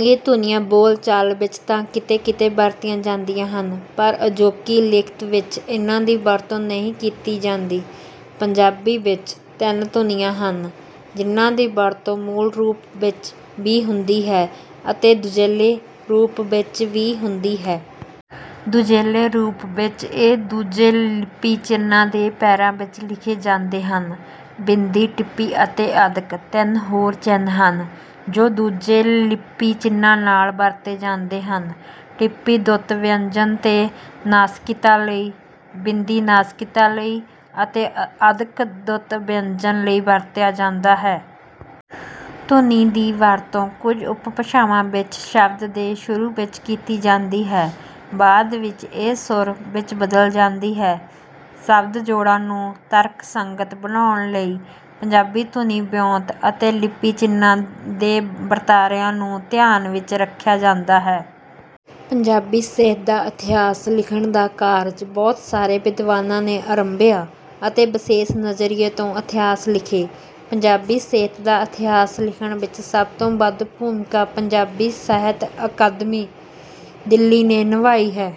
ਇਹ ਧੁਨੀਆਂ ਬੋਲਚਾਲ ਵਿੱਚ ਤਾਂ ਕਿਤੇ-ਕਿਤੇ ਵਰਤੀਆਂ ਜਾਂਦੀਆਂ ਹਨ, ਪਰ ਅਜੋਕੀ ਲਿਖਤ ਵਿੱਚ ਇਨ੍ਹਾਂ ਦੀ ਵਰਤੋਂ ਨਹੀਂ ਕੀਤੀ ਜਾਂਦੀ। ਪੰਜਾਬੀ ਵਿੱਚ ਤਿੰਨ ਧੁਨੀਆਂ ਹਨ, ਜਿਨ੍ਹਾਂ ਦੀ ਵਰਤੋਂ ਮੂਲ ਰੂਪ ਵਿੱਚ ਵੀ ਹੁੰਦੀ ਹੈ ਅਤੇ ਦੁਜੈਲੇ ਰੂਪ ਵਿੱਚ ਵੀ ਹੁੰਦੀ ਹੈ। ਦੁਜੈਲੇ ਰੂਪ ਵਿੱਚ ਇਹ ਦੂਜੇ ਲਿਪੀ ਚਿੰਨ੍ਹਾਂ ਦੇ ਪੈਰਾਂ ਵਿੱਚ ਲਿਖੇ ਜਾਂਦੇ ਹਨ। ਬਿੰਦੀ, ਟਿੱਪੀ ਅਤੇ ਅੱਧਕ ਤਿੰਨ ਹੋਰ ਚਿੰਨ੍ਹ ਹਨ, ਜੋ ਦੂਜੇ ਲਿਪੀ ਚਿੰਨ੍ਹਾਂ ਨਾਲ ਵਰਤੇ ਜਾਂਦੇ ਹਨ। ਟਿੱਪੀ ਦੁੱਤ ਵਿਅੰਜਨ ਤੇ ਨਾਸਿਕਤਾ ਲਈ, ਬਿੰਦੀ ਨਾਸਿਕਤਾ ਲਈ ਅਤੇ ਅੱਧਕ ਦੁੱਤ ਵਿਅੰਜਨ ਲਈ ਵਰਤਿਆ ਜਾਂਦਾ ਹੈ। ਧੁਨੀ ਦੀ ਵਰਤੋਂ ਕੁਝ ਉਪਭਾਸ਼ਾਵਾਂ ਵਿੱਚ ਸ਼ਬਦ ਦੇ ਸ਼ੁਰੂ ਵਿੱਚ ਕੀਤੀ ਜਾਂਦੀ ਹੈ। ਬਾਅਦ ਵਿੱਚ ਇਹ ਸੁਰ ਵਿੱਚ ਬਦਲ ਜਾਂਦੀ ਹੈ। ਸ਼ਬਦ-ਜੋੜਾਂ ਨੂੰ ਤਰਕਸੰਗਤ ਬਣਾਉਣ ਲਈ ਪੰਜਾਬੀ ਧੁਨੀ-ਵਿਉਂਤ ਅਤੇ ਲਿਪੀ ਚਿੰਨ੍ਹਾਂ ਦੇ ਵਰਤਾਰਿਆਂ ਨੂੰ ਧਿਆਨ ਵਿੱਚ ਰੱਖਿਆ ਜਾਂਦਾ ਹੈ। ਪੰਜਾਬੀ ਸਾਹਿਤ ਦਾ ਇਤਿਹਾਸ ਲਿਖਣ ਦਾ ਕਾਰਜ ਬਹੁਤ ਸਾਰੇ ਵਿਦਵਾਨਾਂ ਨੇ ਆਰੰਭਿਆ ਅਤੇ ਵਿਸ਼ੇਸ਼ ਨਜ਼ਰੀਏ ਤੋਂ ਇਤਿਹਾਸ ਲਿਖੇ। ਪੰਜਾਬੀ ਸਾਹਿਤ ਦਾ ਇਤਿਹਾਸ ਲਿਖਣ ਵਿੱਚ ਸਭ ਤੋਂ ਵੱਧ ਭੂਮਿਕਾ ਪੰਜਾਬੀ ਸਾਹਿਤ ਅਕਾਦਮੀ, ਦਿੱਲੀ ਨੇ ਨਿਭਾਈ ਹੈ।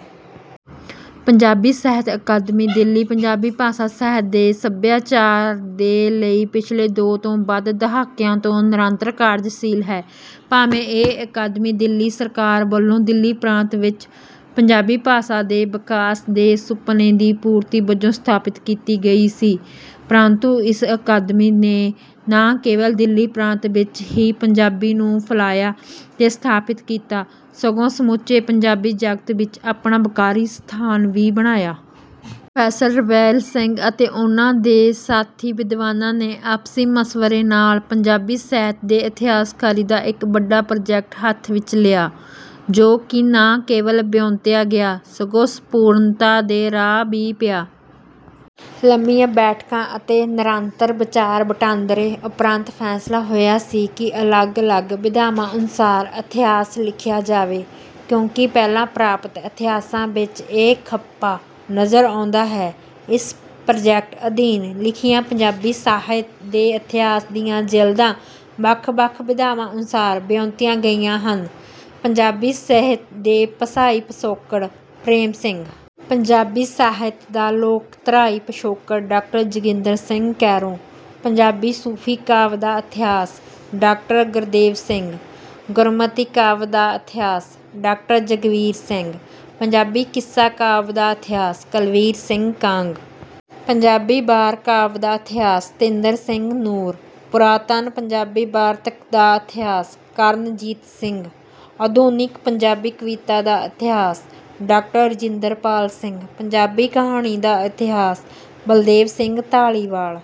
ਪੰਜਾਬੀ ਸਾਹਿਤ ਅਕਾਦਮੀ, ਦਿੱਲੀ, ਪੰਜਾਬੀ ਭਾਸ਼ਾ, ਸਾਹਿਤ ਤੇ ਸੱਭਿਆਚਾਰ ਦੇ ਲਈ ਪਿਛਲੇ ਦੋ ਤੋਂ ਵੱਧ ਦਹਾਕਿਆਂ ਤੋਂ ਨਿਰੰਤਰ ਕਾਰਜਸ਼ੀਲ ਹੈ। ਭਾਵੇਂ ਇਹ ਅਕਾਦਮੀ ਦਿੱਲੀ ਸਰਕਾਰ ਵੱਲੋਂ ਦਿੱਲੀ ਪ੍ਰਾਂਤ ਵਿੱਚ ਪੰਜਾਬੀ ਭਾਸ਼ਾ ਦੇ ਵਿਕਾਸ ਦੇ ਸੁਪਨੇ ਦੀ ਪੂਰਤੀ ਵਜੋਂ ਸਥਾਪਿਤ ਕੀਤੀ ਗਈ ਸੀ, ਪਰੰਤੂ ਇਸ ਅਕਾਦਮੀ ਨੇ ਨਾ ਕੇਵਲ ਦਿੱਲੀ ਪ੍ਰਾਂਤ ਵਿੱਚ ਹੀ ਪੰਜਾਬੀ ਨੂੰ ਫੈਲਾਇਆ ਤੇ ਸਥਾਪਿਤ ਕੀਤਾ, ਸਗੋਂ ਸਮੁੱਚੇ ਪੰਜਾਬੀ ਜਗਤ ਵਿੱਚ ਆਪਣਾ ਵਕਾਰੀ ਸਥਾਨ ਵੀ ਬਣਾਇਆ। ਪ੍ਰੋਫ਼ੈਸਰ ਰਵੇਲ ਸਿੰਘ ਅਤੇ ਉਹਨਾਂ ਦੇ ਸਾਥੀ ਵਿਦਵਾਨਾਂ ਨੇ ਆਪਸੀ ਮਸ਼ਵਰੇ ਨਾਲ ਪੰਜਾਬੀ ਸਾਹਿਤ ਦੀ ਇਤਿਹਾਸਕਾਰੀ ਦਾ ਇੱਕ ਵੱਡਾ ਪ੍ਰੋਜੈਕਟ ਹੱਥ ਵਿੱਚ ਲਿਆ, ਜੋ ਕਿ ਨਾ ਕੇਵਲ ਵਿਉਂਤਿਆ ਗਿਆ, ਸਗੋਂ ਸੰਪੂਰਨਤਾ ਦੇ ਰਾਹ ਵੀ ਪਿਆ। ਲੰਮੀਆਂ ਬੈਠਕਾਂ ਅਤੇ ਨਿਰੰਤਰ ਵਿਚਾਰ-ਵਟਾਂਦਰੇ ਉਪਰੰਤ ਫ਼ੈਸਲਾ ਹੋਇਆ ਸੀ ਕਿ ਅਲੱਗ-ਅਲੱਗ ਵਿਧਾਵਾਂ ਅਨੁਸਾਰ ਇਤਿਹਾਸ ਲਿਖਿਆ ਜਾਵੇ, ਕਿਉਂਕਿ ਪਹਿਲਾਂ ਪ੍ਰਾਪਤ ਇਤਿਹਾਸਾਂ ਵਿੱਚ ਇਹ ਖੱਪਾ ਨਜ਼ਰ ਆਉਂਦਾ ਹੈ। ਇਸ ਪ੍ਰੋਜੈਕਟ ਅਧੀਨ ਲਿਖੀਆਂ ਪੰਜਾਬੀ ਸਾਹਿਤ ਦੇ ਇਤਿਹਾਸ ਦੀਆਂ ਜਿਲਦਾਂ ਵੱਖ-ਵੱਖ ਵਿਧਾਵਾਂ ਅਨੁਸਾਰ ਵਿਉਂਤੀਆਂ ਗਈਆਂ ਹਨ: ਪੰਜਾਬੀ ਸਾਹਿਤ ਦਾ ਭਾਸ਼ਾਈ ਪਿਛੋਕੜ-- ਪ੍ਰੇਮ ਸਿੰਘ। ਪੰਜਾਬੀ ਸਾਹਿਤ ਦਾ ਲੋਕਧਾਰਾਈ ਪਿਛੋਕੜ -- ਡਾਕਟਰ ਜੋਗਿੰਦਰ ਸਿੰਘ ਕੈਰੋਂ। ਪੰਜਾਬੀ ਸੂਫ਼ੀ ਕਾਵਿ ਦਾ ਇਤਿਹਾਸ — ਡਾਕਟਰ. ਗੁਰਦੇਵ ਸਿੰਘ। ਗੁਰਮਤਿ ਕਾਵਿ ਦਾ ਇਤਿਹਾਸ -ਡਾਕਟਰ. ਜਗਬੀਰ ਸਿੰਘ। ਪੰਜਾਬੀ ਕਿੱਸਾ ਕਾਵਿ ਦਾ ਇਤਿਹਾਸ — ਕੁਲਬੀਰ ਸਿੰਘ ਕਾਂਗ। ਪੰਜਾਬੀ ਵਾਰ ਕਾਵਿ ਦਾ ਇਤਿਹਾਸ — ਸਤਿੰਦਰ ਸਿੰਘ ਨੂਰ। ਪੁਰਾਤਨ ਪੰਜਾਬੀ ਵਾਰਤਕ ਦਾ ਇਤਿਹਾਸ — ਕਰਨਜੀਤ ਸਿੰਘ। ਆਧੁਨਿਕ ਪੰਜਾਬੀ ਕਵਿਤਾ ਦਾ ਇਤਿਹਾਸ — ਡਾਕਟਰ. ਰਾਜਿੰਦਰ ਪਾਲ ਸਿੰਘ। ਪੰਜਾਬੀ ਕਹਾਣੀ ਦਾ ਇਤਿਹਾਸ — ਬਲਦੇਵ ਸਿੰਘ ਧਾਲੀਵਾਲ।